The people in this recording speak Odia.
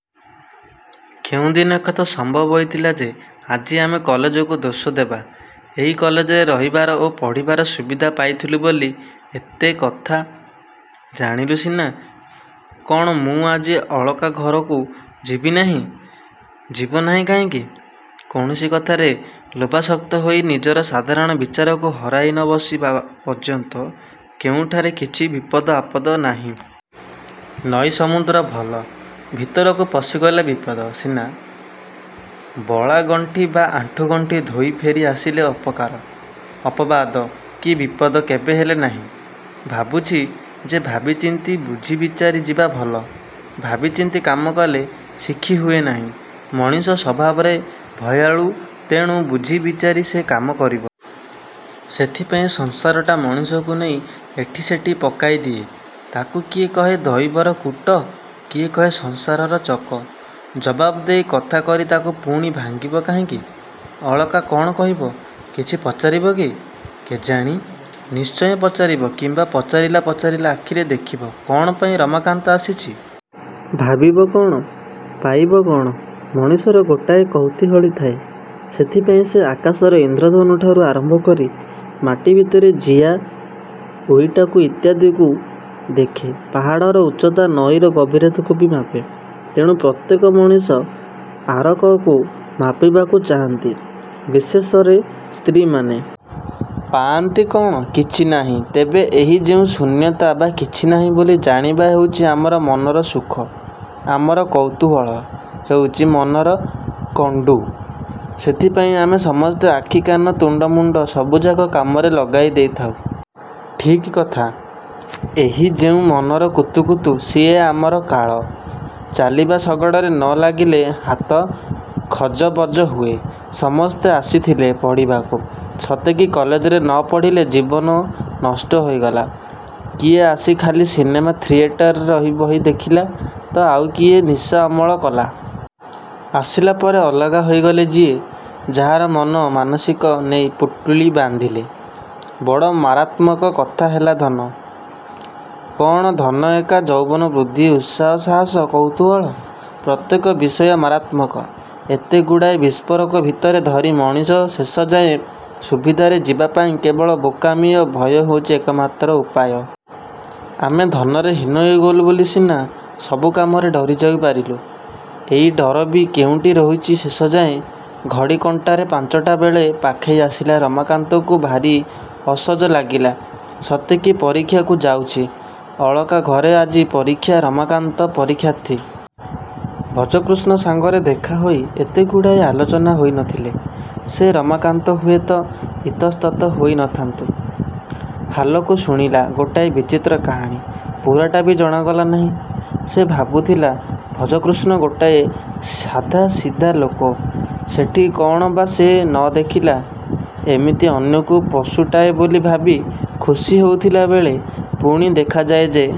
କେଉଁ ଦିନ ଏକଥା ସମ୍ଭବ ହୋଇଥିଲା ଯେ ଆଜି ଆମେ କଲେଜକୁ ଦୋଷ ଦେବା? ଏଇ କଲେଜରେ ରହିବାର ଓ ପଢ଼ିବାର ସୁବିଧା ପାଇଥିଲୁ ବୋଲି ଏତେ କଥା ଜାଣିଲୁ ସିନା। -କ'ଣ ମୁଁ ଆଜି ଅଳକା ଘରକୁ ଯିବି ନାହିଁ? -ଯିବନାହିଁ କାହିଁକି? କୌଣସି କଥାରେ ଲୋଭାସକ୍ତ ହୋଇ ନିଜର ସାଧାରଣ ବିଚାରକୁ ହରାଇ ନ ବସିବା ପର୍ଯ୍ୟନ୍ତ କେଉଁଠାରେ କିଛି ବିପଦ ଆପଦ ନାହିଁ। ନଈ ସମୁଦ୍ର ଭଲ-ଭିତରକୁ ପଶିଗଲେ ବିପଦ ସିନା। ବଳାଗଣ୍ଠି ବା ଆଣ୍ଠୁଗଣ୍ଠି ଧୋଇ ଫେରି ଆସିଲେ ଅପକାର-ଅପବାଦ କି ବିପଦ କେବେହେଲେ ନାହିଁ। -ଭାବୁଛି ଯେ ଭାବିଚିନ୍ତି ବୁଝିବିଚାରି ଯିବା ଭଲ। -ଭାବିଚିନ୍ତି କାମ କଲେ ଶିଖି ହୁଏ ନାହିଁ। ମଣିଷ ସ୍ୱଭାବରେ ଭୟାଳୁ। ତେଣୁ ବୁଝି ବିଚାରି ସେ କାମ କରିବ। ସେଥିପାଇଁ ସଂସାରଟା ମଣିଷକୁ ନେଇ ଏଠି ସେଠି ପକାଇ ଦିଏ-ତାକୁ କିଏ କହେ ଦଇବର କୂଟ-କିଏ କହେ ସଂସାରର ଚକ। ଜବାବ ଦେଇ କଥା କରି ତା'କୁ ପୁଣି ଭାଙ୍ଗିବ କାହିଁକି? ଅଳକା କ'ଣ କହିବ? କିଛି ପଚାରିବ କି? -କେଜାଣି? ନିଶ୍ଚୟ ପଚାରିବ କିମ୍ୱା ପଚାରିଲା ପଚାରିଲା ଆଖିରେ ଦେଖିବ କ'ଣ ପାଇଁ ରମାକାନ୍ତ ଆସିଛି? -ଭାବିବ କ'ଣ? ପାଇବ କ'ଣ? -ମଣିଷର ଗୋଟାଏ କୌତୂହଳୀ ଥାଏ। ସେଥିପାଇଁ ସେ ଆକାଶର ଇନ୍ଦ୍ରଧନୁଠାରୁ ଆରମ୍ଭ କରି ମାଟି ଭିତରେ ଜିଆ, ଉଇଟାଙ୍କୁ ଇତ୍ୟାଦିକୁ ଦେଖେ। ପାହାଡ଼ର ଉଚ୍ଚତା, ନଈର ଗଭୀରତାକୁ ବି ମାପେ। ତେଣୁ ପ୍ରତ୍ୟେକ ମଣିଷ ଆରକକୁ ମାପିବାକୁ ଚାହାନ୍ତି-ବିଶେଷରେ ସ୍ତ୍ରୀମାନେ। -ପାଆନ୍ତି କ'ଣ? -କିଛି ନାହିଁ। ତେବେ ଏହି ଯେଉଁ ଶୂନ୍ୟତା ବା କିଛି ନାହିଁ ବୋଲି ଜାଣିବା ହେଉଛି ଆମର ମନର ସୁଖ। ଆମର କୌତୂହଳ ହେଉଛି ମନର କଣ୍ଡୁ। ସେଥିପାଇଁ ଆମେ ସମସ୍ତେ ଆଖି, କାନ, ତୁଣ୍ଡ ମୁଣ୍ଡ ସବୁଯାକ କାମରେ ଲଗାଇ ଦେଇଥାଉ। -ଠିକ୍ କଥା। ଏଇ ଯେଉଁ ମନର କୁତୁକୁତୁ-ସିଏ ଆମର କାଳ। ଚାଲିବା ଶଗଡ଼ରେ ନ ଲାଗିଲେ ହାତ ଖଜବଜ ହୁଏ। ସମସ୍ତେ ଆସିଥିଲେ ପଢ଼ିବାକୁ। ସତେକି କଲେଜରେ ନ ପଢ଼ିଲେ ଜୀବନ ନଷ୍ଟ ହୋଇଗଲା। କିଏ ଆସି ଖାଲି ସିନେମା ଥିଏଟର ବହି ଦେଖିଲା ତ ଆଉ କିଏ ନିଶା ଅମଳ କଲା-? ଆସିଲା ପରେ ଅଲଗା ହୋଇଗଲେ-ଯିଏ ଯାହାର ମନ ମାନସିକ ନେଇ ପୁଟୁଳି ବାନ୍ଧିଲେ-। -ବଡ଼ ମାରାତ୍ମକ କଥା ହେଲା ଧନ? -କ'ଣ ଧନ ଏକା? ଯୌବନ, ବୁଦ୍ଧି, ଉତ୍ସାହ, ସାହସ, କୌତୂହଳ-ପ୍ରତ୍ୟେକ ବିଷୟ ମାରାତ୍ମକ। ଏତେ ଗୁଡ଼ାଏ ବିସ୍ଫୋରକ ଭିତରେ ଧରି ମଣିଷ ଶେଷଯାଏ ସୁବିଧାରେ ଯିବାପାଇଁ କେବଳ ବୋକାମି ଓ ଭୟ ହେଉଛି ଏକମାତ୍ର ଉପାୟ। -ଆମେ ଧନରେ ହୀନ ହୋଇଗଲୁ ବୋଲି ସିନା ସବୁ କାମକୁ ଡରିଯାଇ ପାରିଲୁ। ଏଇ ଡର ବି କେଉଁଠି ରହୁଛି ଶେଷଯାଏ? ଘଡ଼ି କଣ୍ଟାରେ ପାଞ୍ଚଟା ବେଳ ପାଖେଇ ଆସିଲା। ରମାକାନ୍ତକୁ ଭାରି ଅସଜ ଲାଗିଲା-ସତେ କି ସେ ପରୀକ୍ଷାକୁ ଯାଉଛି। ଅଳକା ଘରେ ଆଜି ପରୀକ୍ଷା-ରମାକାନ୍ତ ପରୀକ୍ଷାର୍ଥୀ। ଭଜକୃଷ୍ଣ ସାଙ୍ଗରେ ଦେଖାହୋଇ ଏତେଗୁଡ଼ାଏ ଆଲୋଚନା ହୋଇ ନଥିଲେ ସେ ରମାକାନ୍ତ ହୁଏତ ଇତସ୍ତତଃ ହେଉ ନଥାନ୍ତା। ହାଲକୁ ଶୁଣିଲା ଗୋଟାଏ ବିଚିତ୍ର କାହାଣୀ-ପୂରାଟା ବି ଜଣାଗଲା ନାହିଁ। ସେ ଭାବୁଥିଲା ଭଜକୃଷ୍ଣ ଗୋଟାଏ ସାଧାସିଧା ଲୋକ-ସେଠି କ'ଣ ବା ସେ ନ ଦେଖିଲା? ଏମିତି ଅନ୍ୟକୁ ପଶୁଟାଏ ବୋଲି ଭାବି ଖୁସି ହେଉଥିଲା ବେଳେ ପୁଣି ଦେଖାଯାଏ ଯେ।